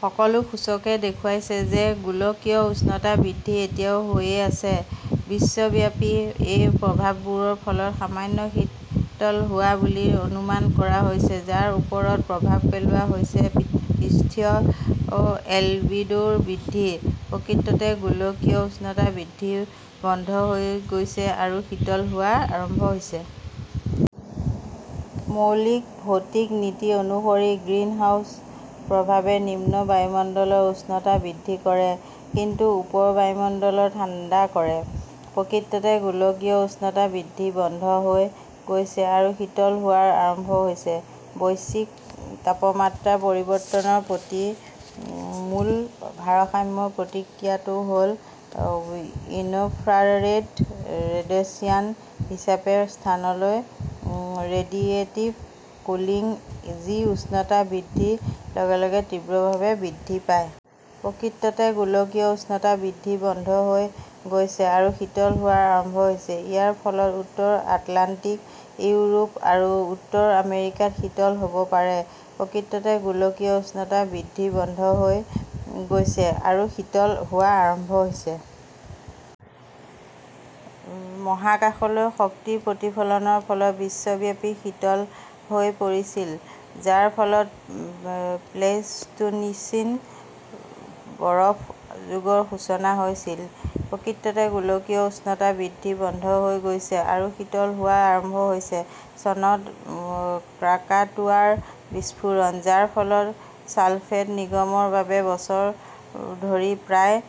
সকলো সূচকে দেখুৱাইছে যে গোলকীয় উষ্ণতা বৃদ্ধি এতিয়াও হৈয়েই আছে। বিশ্বব্যাপী, এই প্ৰভাৱবোৰৰ ফলত সামান্য শীতল হোৱা বুলি অনুমান কৰা হৈছে, যাৰ ওপৰত প্ৰভাৱ পেলোৱা হৈছে পৃষ্ঠীয় এলবিডোৰ বৃদ্ধি। "প্ৰকৃততে গোলকীয় উষ্ণতা বৃদ্ধি বন্ধ হৈ গৈছে আৰু শীতল হোৱা আৰম্ভ হৈছে। মৌলিক ভৌতিক নীতি অনুসৰি, গ্ৰীণহাউছ প্ৰভাৱে নিম্ন বায়ুমণ্ডলৰ উষ্ণতা বৃদ্ধি কৰে, কিন্তু ওপৰৰ বায়ুমণ্ডলৰ ঠাণ্ডা কৰে। "প্ৰকৃততে গোলকীয় উষ্ণতা বৃদ্ধি বন্ধ হৈ গৈছে আৰু শীতল হোৱা আৰম্ভ হৈছে। বৈশ্বিক তাপমাত্ৰা পৰিৱৰ্তনৰ প্ৰতি মূল ভাৰসাম্য প্ৰতিক্ৰিয়াটো হ "ল ইনফ্ৰাৰেড ৰেডিয়েশ্যন হিচাপে স্থানলৈ ৰেডিয়েটিভ কুলিং, যি উষ্ণতা বৃদ্ধিৰ লগে লগে তীব্ৰভাৱে বৃদ্ধি পায়। "প্ৰকৃততে গোলকীয় উষ্ণতা বৃদ্ধি বন্ধ হৈ গৈছে আৰু শীতল হোৱা আৰম্ভ হৈছে। ইয়াৰ ফলত উত্তৰ আটলাণ্টিক, ইউৰোপ আৰু উত্তৰ আমেৰিকাত শীতল হ "ব পাৰে। "প্ৰকৃততে গোলকীয় উষ্ণতা বৃদ্ধি বন্ধ হৈ গৈছে আৰু শীতল হোৱা আৰম্ভ হৈছে। মহাকাশলৈ শক্তিৰ প্ৰতিফলনৰ ফলত বিশ্বব্যাপী শীতল হৈ পৰিছিল, যাৰ ফলত প্লেইষ্টোচিন বৰফ যুগৰ সূচনা হৈছিল। "প্ৰকৃততে গোলকীয় উষ্ণতা বৃদ্ধি বন্ধ হৈ গৈছে আৰু শীতল হোৱা আৰম্ভ হৈছে। চনত ক্ৰাকাটোৱাৰ বিস্ফোৰণ, যাৰ ফলত ছালফেট নিৰ্গমনৰ বাবে বছৰ ধৰি প্ৰায়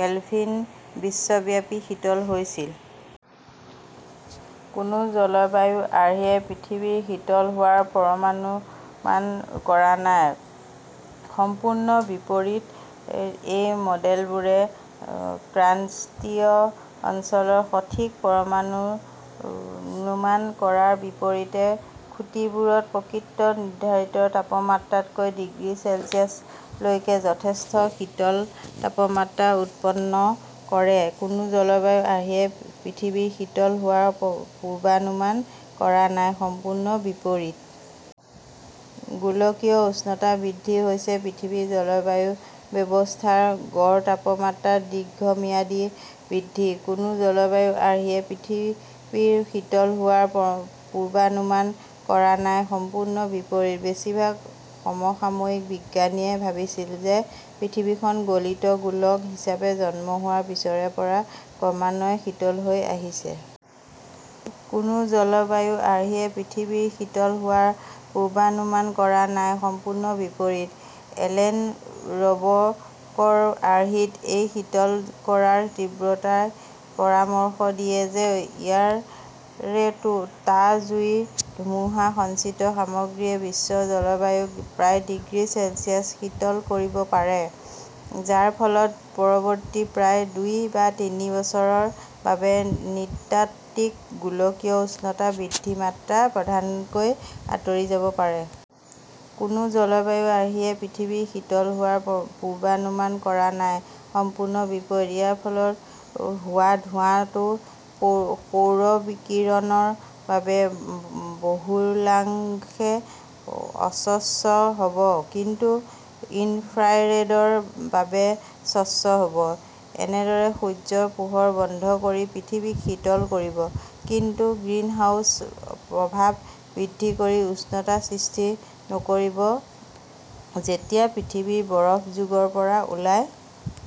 কেলভিন বিশ্বব্যাপী শীতল হৈছিল। কোনো জলবায়ু আৰ্হিয়ে পৃথিৱীৰ শীতল হোৱাৰ পূৰ্বানুমান কৰা নাই-সম্পূৰ্ণ বিপৰীত। এই মডেলবোৰে ক্ৰান্তীয় অঞ্চলৰ সঠিক পূৰ্বানুমান কৰাৰ বিপৰীতে, খুঁটিবোৰত প্ৰকৃত নিৰ্ধাৰিত তাপমাত্ৰাতকৈ ডিগ্ৰী চেলছিয়াছ লৈকে যথেষ্ট শীতল তাপমাত্ৰা উৎপন্ন কৰে। কোনো জলবায়ু আৰ্হিয়ে পৃথিৱীৰ শীতল হোৱাৰ পূৰ্বানুমান কৰা নাই-সম্পূৰ্ণ বিপৰীত। গোলকীয় উষ্ণতা বৃদ্ধি হৈছে পৃথিৱীৰ জলবায়ু ব্যৱস্থাৰ গড় তাপমাত্ৰাৰ দীৰ্ঘম্যাদী বৃদ্ধি। কোনো জলবায়ু আৰ্হিয়ে পৃথিৱীৰ শীতল হোৱাৰ পূৰ্বানুমান কৰা নাই-সম্পূৰ্ণ বিপৰীত। বেছিভাগ সমসাময়িক বিজ্ঞানীয়ে ভাবিছিল যে পৃথিৱীখন গলিত গোলক হিচাপে জন্ম হোৱাৰ পিছৰে পৰা ক্ৰমান্বয়ে শীতল হৈ আহিছে। কোনো জলবায়ু আৰ্হিয়ে পৃথিৱীৰ শীতল হোৱাৰ পূৰ্বানুমান কৰা নাই-সম্পূৰ্ণ বিপৰীত। এলেন ৰব 'কৰ আৰ্হিত এই শীতল কৰাৰ তীব্ৰতাই পৰামৰ্শ দিয়ে যে ইয়াৰে টা জুইৰ ধুমুহাৰ সঞ্চিত সামগ্ৰীয়ে বিশ্বৰ জলবায়ুক প্ৰায় ডিগ্ৰী চেলছিয়াছ শীতল কৰিব পাৰে, যাৰ ফলত পৰৱৰ্তী প্ৰায় দুই বা তিনি বছৰৰ বাবে নৃতাত্ত্বিক গোলকীয় উষ্ণতা বৃদ্ধিৰ মাত্ৰা প্ৰধানকৈ আঁতৰি যাব পাৰে। কোনো জলবায়ু আৰ্হিয়ে পৃথিৱীৰ শীতল হোৱাৰ পূৰ্বানুমান কৰা নাই-সম্পূৰ্ণ বিপৰীত। ইয়াৰ ফলত হোৱা ধোঁৱাটো সৌৰ বিকিৰণৰ বাবে বহুলাংশে অস্বচ্ছ হ 'ব কিন্তু ইনফ্ৰাৰেডৰ বাবে স্বচ্ছ হ' ব, এনেদৰে সূৰ্য্যৰ পোহৰ বন্ধ কৰি পৃথিৱীক শীতল কৰিব, কিন্তু গ্ৰীণহাউছ প্ৰভাৱ বৃদ্ধি কৰি উষ্ণতা সৃষ্টি নকৰিব। যেতিয়া পৃথিৱী বৰফ যুগৰ পৰা ওলাই